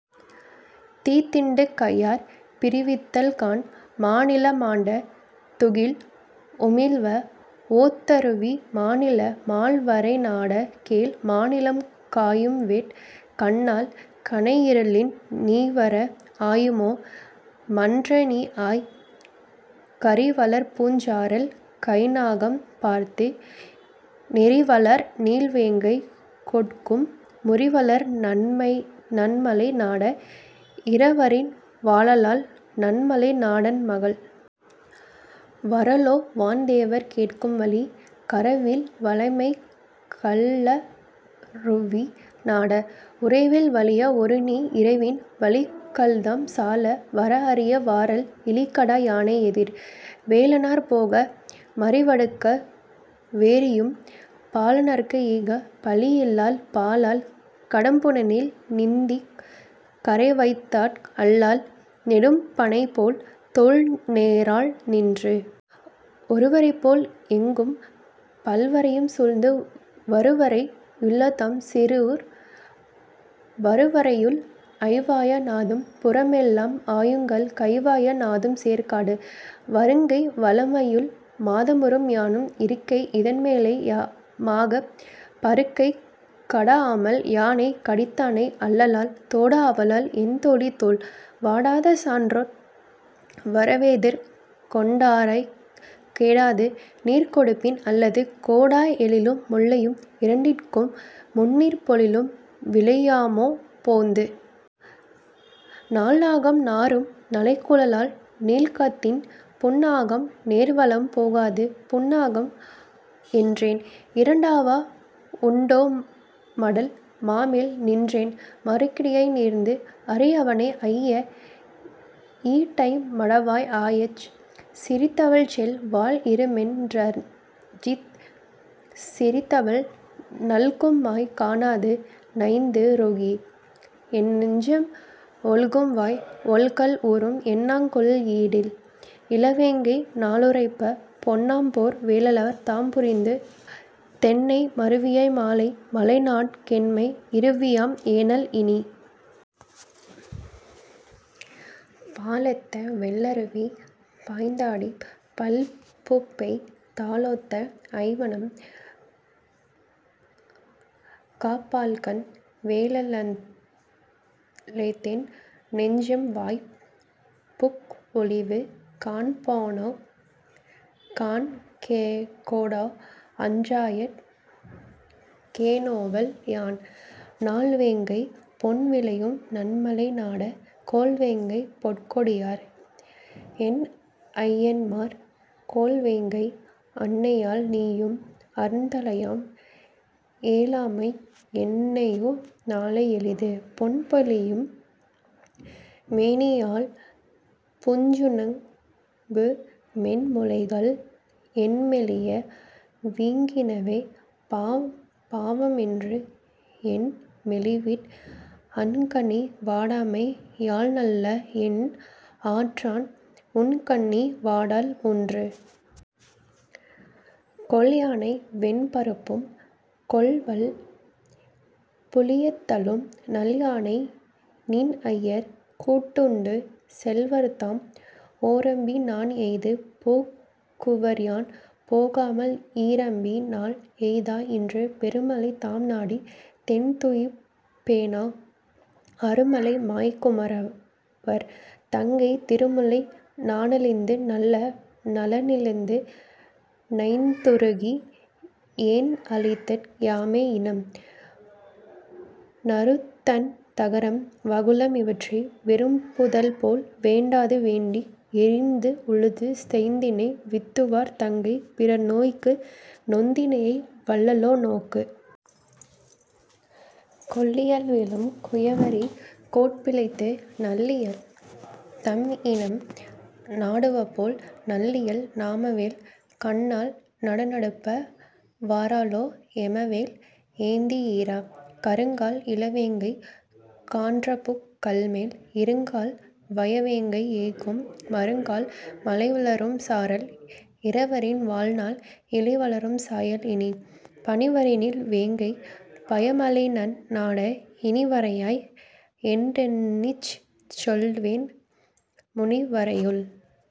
தீத்தீண்டு கையார் பிரிவித்தல் காண்! மானீல மாண்ட துகில்உமிழ்வ ஒத்தருவி மானீல மால்வரை நாட! கேள் மாநீலம் காயும்வேற் கண்ணாள் கனையிருளின் நீவர ஆயுமோ மன்றநீ ஆய். கறிவளர்பூஞ் சாரல் கைந்நாகம் பார்த்து நெறிவளர் நீள்வேங்கை கொட்கும் முறிவளர் நன்மலை நாட! இரவரின் வாழாளால், நன்மலை நாடன் மகள். வாரலோ வான்தேவர் கொட்கும் வழி. கரவில் வளமலைக் கல்லருவி நாட! உரவில் வலியா ஒரு நீ இரவின் வழிகள்தாம் சால வரஅரிய வாரல் இழிகடா யானை எதிர். வேலனார் போக மறிவிடுக்க வேரியும் பாலனார்க் ஈக பழியிலாள் பாலால் கடும்புனலின் நீந்திக் கரைவைத்தாற் அல்லால் நெடும்பனைபோல் தோள்நேராள் நின்று. ஒருவரைபோல் எங்கும் பல்வரையும் சூழ்ந்த வருவரை யுள்ளதாம் சீறூர் வருவரையுள் ஐவாய நாதும் புறமெல்லாம் ஆயுங்கால் கைவாய நாதும்சேர் காடு. வருக்கை வளமலையுள் மாதரும் யானும் இருக்கை இதண்மேலே மாகப் பருக்கைக் கடாஅமால் யானை கடிந்தானை அல்லால் தொடாஅவால் என்தோழி தோள். வாடாத சான்றோர் வரவெதிர் கொண்டிராய்க் கோடாது நீர்கொடுப்பின் அல்லது கோடா எழிலும் முலையும் இரண்டிற்கும் முந்நீர்ப் பொழிலும் விலையாமோ போந்து. நாள்நாகம் நாறும் நனைகுழலாள் நல்கித்தன் பூண்ஆகம் நேர்வளவும் போகாது பூண்ஆகம் என்றேன் இரண்டாவ உண்டோ மடல் மாமேல் நின்றேண் மறுகிடையே நேர்ந்து. அறிஅவளை ஐய இடைம்மடவாய் ஆயச் சிறிதவள்செல் வாள்இறுமென் றஞ்சிச் சிறிதவள் நல்கும்வாய் காணாது நைந்துருகி என்நெஞ்சம் ஒல்கும்வாய் ஒல்கல் உறும். என்னாங்கொல் ஈடில் இளவேங்கை நாளுரைப்பப் பொன்னாம்போர் வேலவர் தாம்புரிந்த தென்னே மருவியா மாலை மலைநாடன் கேண்மை இருவியாம் ஏனல் இனி. பாலெத்த வெள்ளருவி பாய்ந்தாடிப் பல்பூப்பெய் தாலொத்த ஐவனம் காப்பாள்கண் வேலொத்என் நெஞ்சம்வாய்ப் புக்ஒழிவு காண்பானோ காண்கொடா அஞ்சாயற் கேநோவல் யான். நாள்வேங்கை பொன்விளையும் நன்மலை நன்னாட! கோள்வேங்கை போற்கொடியார் என்ஐயன்மார் கோள்வேங்கை அனனையால் நீயும் அருந்தழையாம் ஏலாமைக் என்னையோ நாளை எளிது. பொன்மெலியும் மேனியாள் பூஞ்சுணங்கு மென்முலைகள் என்மெலிய வீங்கினவே பாவமென்று என்மெலிவிற் அண்கண்ணி வாடாமை யால்நல்ல என்ஆற்றான் உண்கண்ணி வாடாள் உடன்று. கொல்யானை வெண்மருப்பும் கொல்வல் புலியதளும் நல்யானை நின்ஐயர் கூட்டுண்டு செல்வர்தாம் ஓரம்பி னான்எய்து போக்குவர்யான் போகாமல் ஈரம்பி னால்எய்தாய் இன்று. பெருமலை தாம்நாடித் தேன்துய்த்துப் பேணா அருமலை மாய்க்குமவர் தங்கை திருமுலைக்கு நாணழிந்து நல்ல நலனழிந்து நைந்துருகி ஏண்அழிதற் யாமே இனம். நறுந்தண் தகரம் வகுளம் இவற்றை வெறும்புதல்போல் வேண்டாது வேண்டி எறிந்உழுது செந்தினை வித்துவார் தங்கை பிறர்நோய்க்கு நொந்தினைய வல்லளோ நோக்கு. கொல்லியல் வேழும் குயவரி கோட்பிழைத்து நல்லியல் தம்இனம் நாடுவபோல் நல்லியல் நாமவேல் கண்ணாள் நடுநடுப்ப வாராலோ ஏமவேல் ஏந்திஇரா. கருங்கால் இளவேங்கை கான்றபூக் கள்மேல் இருங்கால் வயவேங்கை ஏய்க்கும் மருங்கால் மழைவளரும் சாரல் இரவரின் வாழாள் இழைவளரும் சாயல் இனி. பனிவரைநீள் வேங்கைப் பயமலைநன் நாட இனிவரையாய் என்றெண்ணிச் சொல்வேன் முனிவரையுள்।